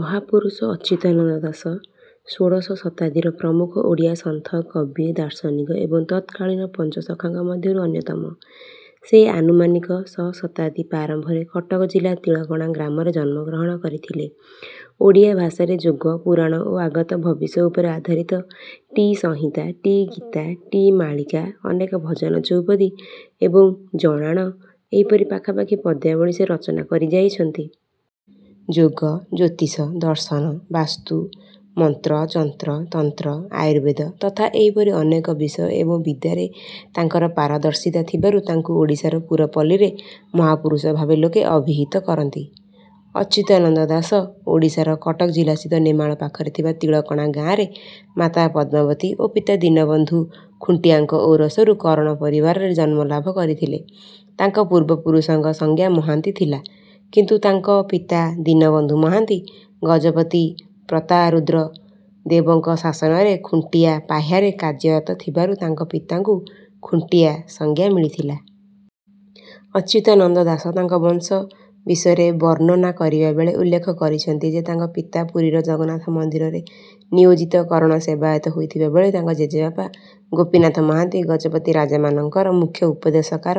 ମହାପୁରୁଷ ଅଚ୍ୟୁତାନନ୍ଦ ଦାସ ଷୋଡ଼ଶ ଶତାବ୍ଦୀର ପ୍ରମୁଖ ଓଡ଼ିଆ ସନ୍ଥ, କବି, ଦାର୍ଶନିକ ଏବଂ ତତ୍କାଳୀନ ପଞ୍ଚସଖାଙ୍କ ମଧ୍ୟରୁ ଅନ୍ୟତମ। ସେ ଆନୁମାନିକ ଶ ଶତାବ୍ଦୀ ପ୍ରାରମ୍ଭରେ କଟକ ଜିଲ୍ଲା ତିଳକଣା ଗ୍ରାମରେ ଜନ୍ମଗ୍ରହଣ କରିଥିଲେ। ଓଡ଼ିଆ ଭାଷାରେ ଯୋଗ, ପୁରାଣ ଓ ଆଗତ ଭବିଷ୍ୟ ଉପରେ ଆଧାରିତ ଟି ସଂହିତା, ଟି ଗୀତା, ଟି ମାଳିକା, ଅନେକ ଭଜନ, ଚଉପଦୀ ଏବଂ ଜଣାଣ ଏହିପରି ପାଖାପାଖି ପଦ୍ୟାବଳୀ ସେ ରଚନା କରିଯାଇଛନ୍ତି। ଯୋଗ, ଜ୍ୟୋତିଷ, ଦର୍ଶନ, ବାସ୍ତୁ, ମନ୍ତ୍ର, ଯନ୍ତ୍ର, ତନ୍ତ୍ର, ଆୟୁର୍ବେଦ ତଥା ଏହିପରି ଅନେକ ବିଷୟ ଏବଂ ବିଦ୍ୟାରେ ତାଙ୍କର ପାରଦର୍ଶିତା ଥିବାରୁ ତାଙ୍କୁ ଓଡ଼ିଶାର ପୁରପଲ୍ଳୀରେ 'ମହାପୁରୁଷ' ଭାବେ ଲୋକେ ଅଭିହିତ କରନ୍ତି। ଅଚ୍ୟୁତାନନ୍ଦ ଦାସ ଓଡ଼ିଶାର କଟକ ଜିଲ୍ଲାସ୍ଥିତ ନେମାଳ ପାଖରେ ଥିବା ତିଳକଣା ଗାଁରେ ମାତା ପଦ୍ମାବତୀ ଓ ପିତା ଦୀନବନ୍ଧୁ ଖୁଣ୍ଟିଆଙ୍କ ଔରସରୁ କରଣ ପରିବାରରେ ଜନ୍ମଲାଭ କରିଥିଲେ ତାଙ୍କ ପୂର୍ବ ପୁରୁଷଙ୍କ ସଂଜ୍ଞା ମହାନ୍ତି ଥିଲା କିନ୍ତୁ ତାଙ୍କ ପିତା ଦୀନବନ୍ଧୁ ମହାନ୍ତି ଗଜପତି ପ୍ରତାରୁଦ୍ର ଦେବଙ୍କ ଶାସନରେ ଖୁଣ୍ଟିଆ ପାହ୍ୟାରେ କାର୍ଯ୍ୟରତ ଥିବାରୁ ତାଙ୍କ ପିତାଙ୍କୁ ଖୁଣ୍ଟିଆ ସଂଜ୍ଞା ମିଳିଥିଲା। ଅଚ୍ୟୁତାନନ୍ଦ ଦାସ ତାଙ୍କ ବଂଶ ବିଷୟରେ ବର୍ଣ୍ଣନା କରିବାବେଳେ ଉଲ୍ଲେଖ କରିଛନ୍ତି ଯେ ତାଙ୍କ ପିତା ପୁରୀର ଜଗନ୍ନାଥ ମନ୍ଦିରରେ ନିୟୋଜିତ କରଣ ସେବାୟତ ହୋଇଥିବାବେଳେ ତାଙ୍କ ଜେଜେବାପା ଗୋପୀନାଥ ମହାନ୍ତି ଗଜପତି ରାଜାମାନଙ୍କର ମୁଖ୍ୟ ଉପଦେଶକାର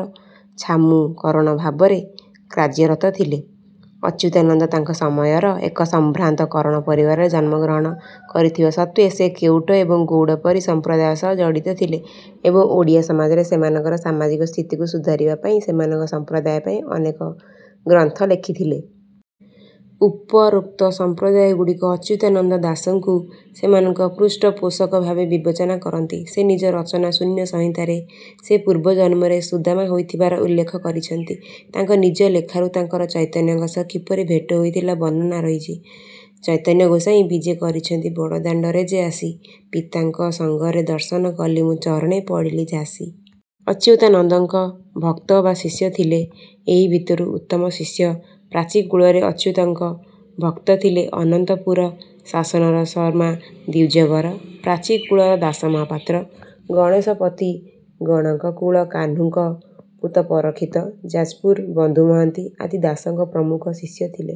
"ଛାମୁ କରଣ" ଭାବରେ କାର୍ଯ୍ୟରତ ଥିଲେ। ଅଚ୍ୟୁତାନନ୍ଦ ତାଙ୍କ ସମୟର ଏକ ସମ୍ଭ୍ରାନ୍ତ କରଣ ପରିବାରରେ ଜନ୍ମଗ୍ରହଣ କରିଥିବା ସତ୍ତ୍ୱେ ସେ କେଉଟ ଏବଂ ଗୌଡ଼ ପରି ସମ୍ପ୍ରଦାୟ ସହ ଜଡିତ ଥିଲେ ଏବଂ ଓଡ଼ିଆ ସମାଜରେ ସେମାନଙ୍କର ସାମାଜିକ ସ୍ଥିତିକୁ ସୁଧାରିବା ପାଇଁ ସେମାନଙ୍କ ସମ୍ପ୍ରଦାୟ ପାଇଁ ଅନେକ ଗ୍ରନ୍ଥ ଲେଖିଥିଲେ। ଉପରୋକ୍ତ ସମ୍ପ୍ରଦାୟଗୁଡ଼ିକ ଅଚ୍ୟୁତାନନ୍ଦ ଦାସଙ୍କୁ ସେମାନଙ୍କ ପୃଷ୍ଟପୋଷକ ଭାବେ ବିବେଚନା କରନ୍ତି। ସେ ନିଜ ରଚନା ଶୂନ୍ୟସଂହିତାରେ ସେ ପୂର୍ବ ଜନ୍ମରେ ସୁଦାମା ହୋଇଥିବାର ଉଲ୍ଲେଖ କରିଛନ୍ତି। ତାଙ୍କ ନିଜ ଲେଖାରୁ ତାଙ୍କର ଚୈତନ୍ୟଙ୍କ ସହ କିପରି ଭେଟ ହୋଇଥିଲା ବର୍ଣ୍ଣନା ରହିଛି। ଚୈତନ୍ୟ ଗୋସାଇଁ ବିଜେ କରିଛନ୍ତି ବଡ଼ଦାଣ୍ଡରେ ଯେ ଆସି ପିତାଙ୍କ ସଙ୍ଗରେ ଦର୍ଶନ କଲି ମୁଁ ଚରଣେ ପଡ଼ିଲି ଝାସି। ଅଚ୍ୟୁତାନନ୍ଦଙ୍କ ଭକ୍ତ ବା ଶିଷ୍ୟ ଥିଲେ। ଏହି ଭିତରୁ ଉତ୍ତମ ଶିଷ୍ୟ। ପ୍ରାଚୀକୂଳରେ ଅଚ୍ୟୁତଙ୍କ ଭକ୍ତ ଥିଲେ। ଅନନ୍ତପୁର ଶାସନର ଶର୍ମ୍ମା ଦ୍ୱିଜବର, ପ୍ରାଚୀ କୂଳର ଦାସ ମହାପାତ୍ର, ଗଣେଶ ପତି, ଗଣକକୁଳ କାହ୍ନୁଙ୍କ ପୁତ ପରୀକ୍ଷିତ, ଯାଜପୁର ବନ୍ଧୁ ମହାନ୍ତି ଆଦି ଦାସଙ୍କ ପ୍ରମୁଖ ଶିଷ୍ୟ ଥିଲେ।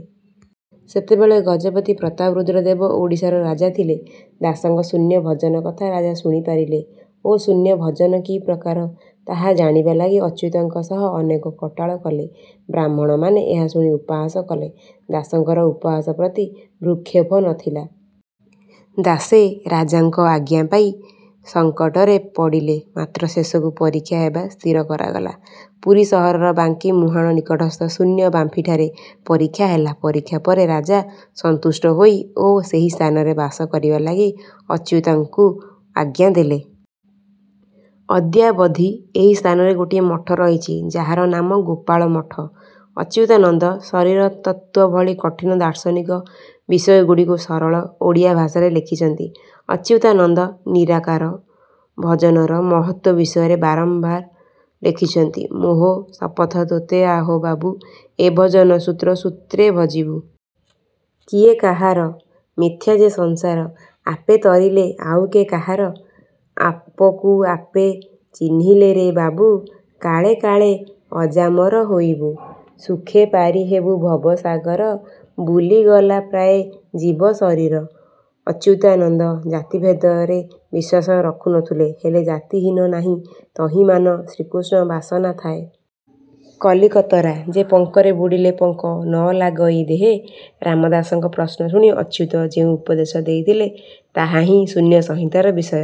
ସେତେବେଳେ ଗଜପତି ପ୍ରତାପରୁଦ୍ର ଦେବ ଓଡ଼ିଶାର ରାଜା ଥିଲେ। ଦାସଙ୍କ ଶୂନ୍ୟଭଜନ କଥା ରାଜା ଶୁଣିପାରିଲେ ଓ ଶୂନ୍ୟଭଜନ କି ପ୍ରକାର ତାହା ଜାଣିବା ଲାଗି ଅଚ୍ୟୁତଙ୍କ ସହ ଅନେକ କଟାଳ କଲେ। ବ୍ରାହ୍ମଣମାନେ ଏହା ଶୁଣି ଉପହାସ କଲେ। ଦାସଙ୍କର ଉପହାସ ପ୍ରତି ଭ୍ରୂକ୍ଷେପ ନ ଥିଲା। ଦାସେ ରାଜାଙ୍କ ଆଜ୍ଞା ପାଇ ସଙ୍କଟରେ ପଡ଼ିଲେ ମାତ୍ର ଶେଷକୁ ପରୀକ୍ଷା ହେବା ସ୍ଥିର କରାଗଲା। ପୁରୀ ସହରର ବାଙ୍କି ମୁହାଁଣ ନିକଟସ୍ଥ ଶୂନ୍ୟ ବାମ୍ଫିଠାରେ ପରୀକ୍ଷା ହେଲା। ପରୀକ୍ଷା ପରେ ରାଜା ସନ୍ତୁଷ୍ଟ ହୋଇ ଓ ସେହି ସ୍ଥାନରେ ବାସ କରିବା ଲାଗି ଅଚ୍ୟୁତଙ୍କୁ ଆଜ୍ଞା ଦେଲେ। ଅଦ୍ୟାବଧି ଏହି ସ୍ଥାନରେ ଗୋଟିଏ ମଠ ରହିଛି ଯାହାର ନାମ ଗୋପାଳ ମଠ। ଅଚ୍ୟୁତାନନ୍ଦ ଶରୀରତତ୍ତ୍ୱ ଭଳି କଠିନ ଦାର୍ଶନିକ ବିଷୟଗୁଡ଼ିକୁ ସରଳ ଓଡ଼ିଆ ଭାଷାରେ ଲେଖିଛନ୍ତି। ଅଚ୍ୟୁତାନନ୍ଦ ନିରାକାର ଭଜନର ମହତ୍ତ୍ୱ ବିଷୟରେ ବାରମ୍ବାର ଲେଖିଛନ୍ତି। ମୋହ ଶପଥ ତୋତେ ଆହୋ ବାବୁ। ଏ ଭଜନ ସୂତ୍ର ସୂତ୍ରେ ଭଜିବୁ।। କିଏ କାହାର ମିଥ୍ଯା ଯେ ସଂସାର। ଆପେ ତରିଲେ ଆଉ କେ କାହାର।। ଆପକୁ ଆପେ ଚିହ୍ନିଲେରେ ବାବୁ। କାଳେ କାଳେ ଅଜାମର ହୋଇବୁ।। ସୁଖେ ପାରିହେବୁ ଭବସାଗର। ବୁଲିଗଲା ପ୍ରାୟେ ଯିବ ଶରୀର।। ଅଚ୍ୟୁତାନନ୍ଦ ଜାତିଭେଦରେ ବିଶ୍ୱାସ ରଖୁନଥିଲେ। ହେଲେ ଜାତି ହୀନ ନାହିଁ ତହିଁ ମାନ ଶ୍ରୀକୃଷ୍ଣ ବାସନା ଥାଏ। କଲିକତରା ଯେ ପଙ୍କରେ ବୁଡ଼ିଲେ ପଙ୍କ ନ ଲାଗଇ ଦେହେ।। ରାମଦାସଙ୍କ ପ୍ରଶ୍ନ ଶୁଣି ଅଚ୍ୟୁତ ଯେଉଁ ଉପଦେଶ ଦେଇଥିଲେ ତାହା ହିଁ ଶୂନ୍ୟସଂହିତାର ବିଷୟ।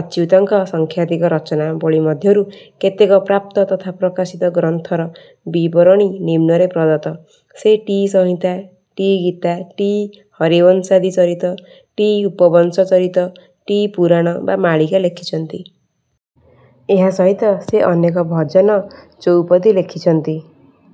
ଅଚ୍ୟୁତଙ୍କ ସଂଖ୍ୟାଧିକ ରଚନାବଳୀ ମଧ୍ୟରୁ କେତକ ପ୍ରାପ୍ତ ତଥା ପ୍ରକାଶିତ ଗ୍ରନ୍ଥର ବିବରଣୀ ନିମ୍ନରେ ପ୍ରଦତ୍ତ। ସେ ଟି ସଂହିତା, ଟି ଗୀତା, ଟି ହରିବଂଶାଦି ଚରିତ, ଟି ଉପବଂଶ ଚରିତ, ଟି ପୁରାଣ ବା ମାଳିକା ଲେଖିଛନ୍ତି। ଏହା ସହିତ ସେ ଅନେକ ଭଜନ ଚୌପଦୀ ଲେଖିଛନ୍ତି।।